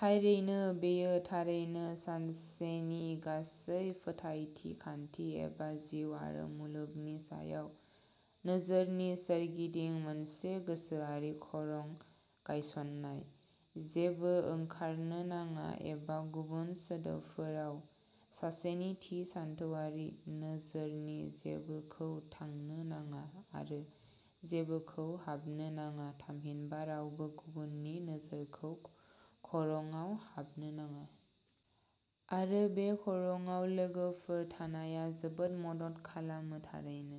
थारैनो, बेयो थारैनो सासेनि गासै फोथायथि खान्थि एबा जिउ आरो मुलुगनि सायाव नोजोरनि सोरगिदिं मोनसे गोसोआरि खरं गायसन्नाय। जेबो ओंखारनो नाङा एबा गुबुन सोदोबफोराव सासेनि थि सानथौआरि नोजोरनि जेबोखौ थांनो नाङा आरो जेबोखौ हाबनो नाङा थामहिनबा रावबो गुबुननि नोजोरखौ खरंआव हाबनो नाङा। आरो बे खरंआव लोगोफोर थानाया जोबोद मदद खालामो थारैनो।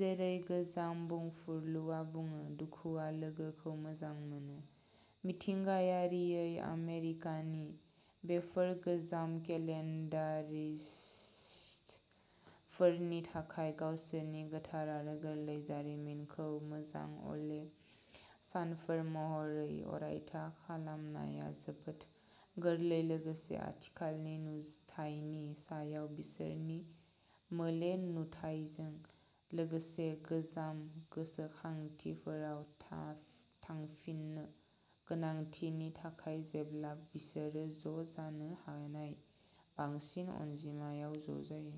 जेरै गोजाम बुंफुरलुआ बुङो "दुखुआ लोगोखौ मोजां मोनो।" मिथिंगायारियै आमेरिकानि बेफोर "गोजाम केलेन्डारिस्ट" फोरनि थाखाय गावसोरनि गोथार आरो गोरलै जारिमिनखौ मोजां अले सानफोर महरै अरायथा खालामनाया जोबोद गोरलै लोगोसे आथिखालनि नुथायनि सायाव बिसोरनि मोले नुथायजों लोगोसे गोजाम गोसोखांथिफोराव थांफिननो गोनांथिनि थाखाय जेब्ला बिसोरो ज' जानो हानाय बांसिन अनजिमायाव ज' जायो।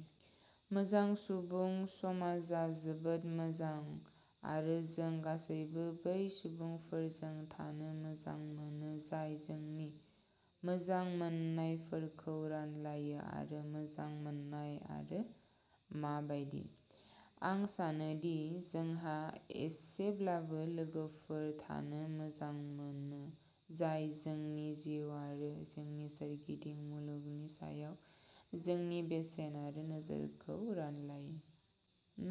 मोजां सुबुं समाजआ जोबोद मोजां आरो जों गासैबो बै सुबुंफोरजों थानो मोजां मोनो जाय जोंनि मोजां मोननायफोरखौ रानलायो आरो मोजां मोन्नाय आरो मा बायदि। आं सानो दि जोंहा एसेब्लाबो लोगोफोर थानो मोजां मोनो जाय जोंनि जिउ आरो जोंनि सोरगिदिं मुलुगनि सायाव जोंनि बेसेन आरो नोजोरखौ रानलायो।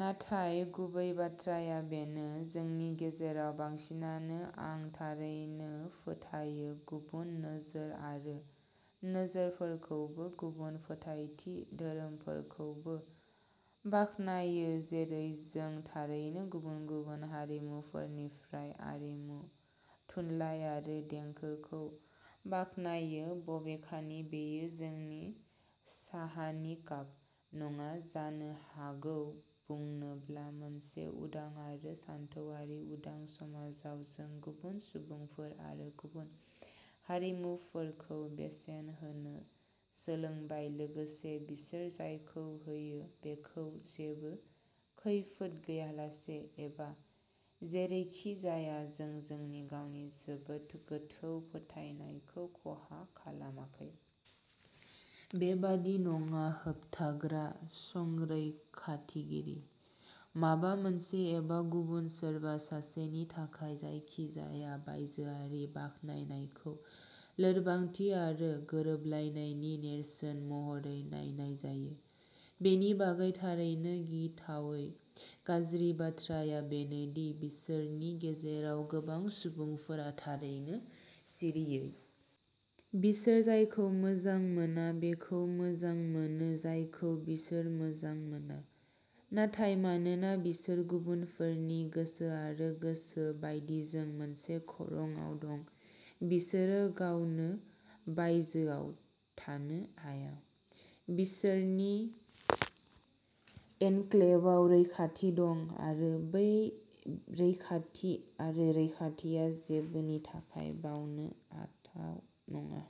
नाथाय गुबै बाथ्राया बेनो जोंनि गेजेराव बांसिनानो आं थारैनो फोथायो गुबुन नोजोर आरो नोजोरफोरखौबो गुबुन फोथायथि धोरोमफोरखौबो बाखनायो जेरै जों थारैनो गुबुन गुबुन हारिमुफोरनिफ्राय आरिमु, थुनलाइ आरो देंखोखौ बाखनायो बबेखानि बेयो जोंनि "साहानि काप" नङा जानो हागौ बुंनोब्ला मोनसे उदां आरो सानथौआरि उदां समाजाव जों गुबुन सुबुंफोर आरो गुबुन हारिमुफोरखौ बेसेन होनो सोलोंबाय लोगोसे बिसोर जायखौ होयो बेखौ जेबो खैफोद गैयालासे एबा जेरैखिजाया जों जोंनि गावनि जोबोद गोथौ फोथायनायखौ खहा खालामाखै। बेबादि नङा होबथाग्रा-संरैखाथिगिरि। माबा मोनसे एबा गुबुन सोरबा सासेनि थाखाय जायखिजाया बायजोआरि बाख्नायनायखौ लोरबांथि आरो गोरोबलायनायनि नेरसोन महरै नायनाय जायो। बेनि बागै थारैनो गिथावै गाज्रि बाथ्राया बेनो दि बिसोरनि गेजेराव गोबां सुबुंफोरा थारैनो सिरियै। बिसोर जायखौ मोजां मोना बेखौ मोजां मोनो जायखौ बिसोर मोजां मोना। नाथाय मानोना बिसोर गुबुनफोरनि गोसो आरो गोसो बायदिजों मोनसे खरंआव दं बिसोरो गावनो "बायजोआव" थानो हाया। बिसोरनि एनक्लेभआव रैखाथि दं आरो बे रैखाथि आरो रैखाथिआ जेबोनि थाखाय बावनो हाथाव नङा।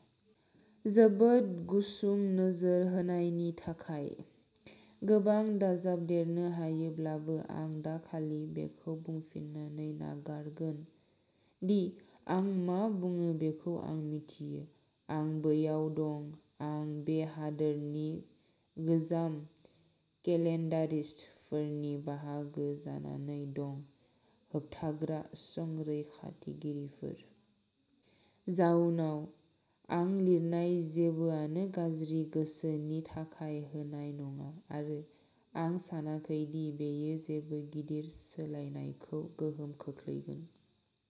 जोबोद गुसुं नोजोर होनायनि थाखाय! गोबां दाजाबदेरनो हायोब्लाबो आं दा खालि बेखौ बुंफिननानै नागारगोन दि आं मा बुङो बेखौ आं मिथियो। आं बैयाव दं आं बे हादोरनि "गोजाम केलेन्डारिस्ट" फोरनि बाहागो जानानै दं होबथाग्रा-संरैखाथिगिरिफोर। जाउनाव, आं लिरनाय जेबोआनो गाज्रि गोसोनि थाखाय होनाय नङा आरो आं सानाखै दि बेयो जेबो गिदिर सोलायनायखौ गोहोम खोख्लैगोन।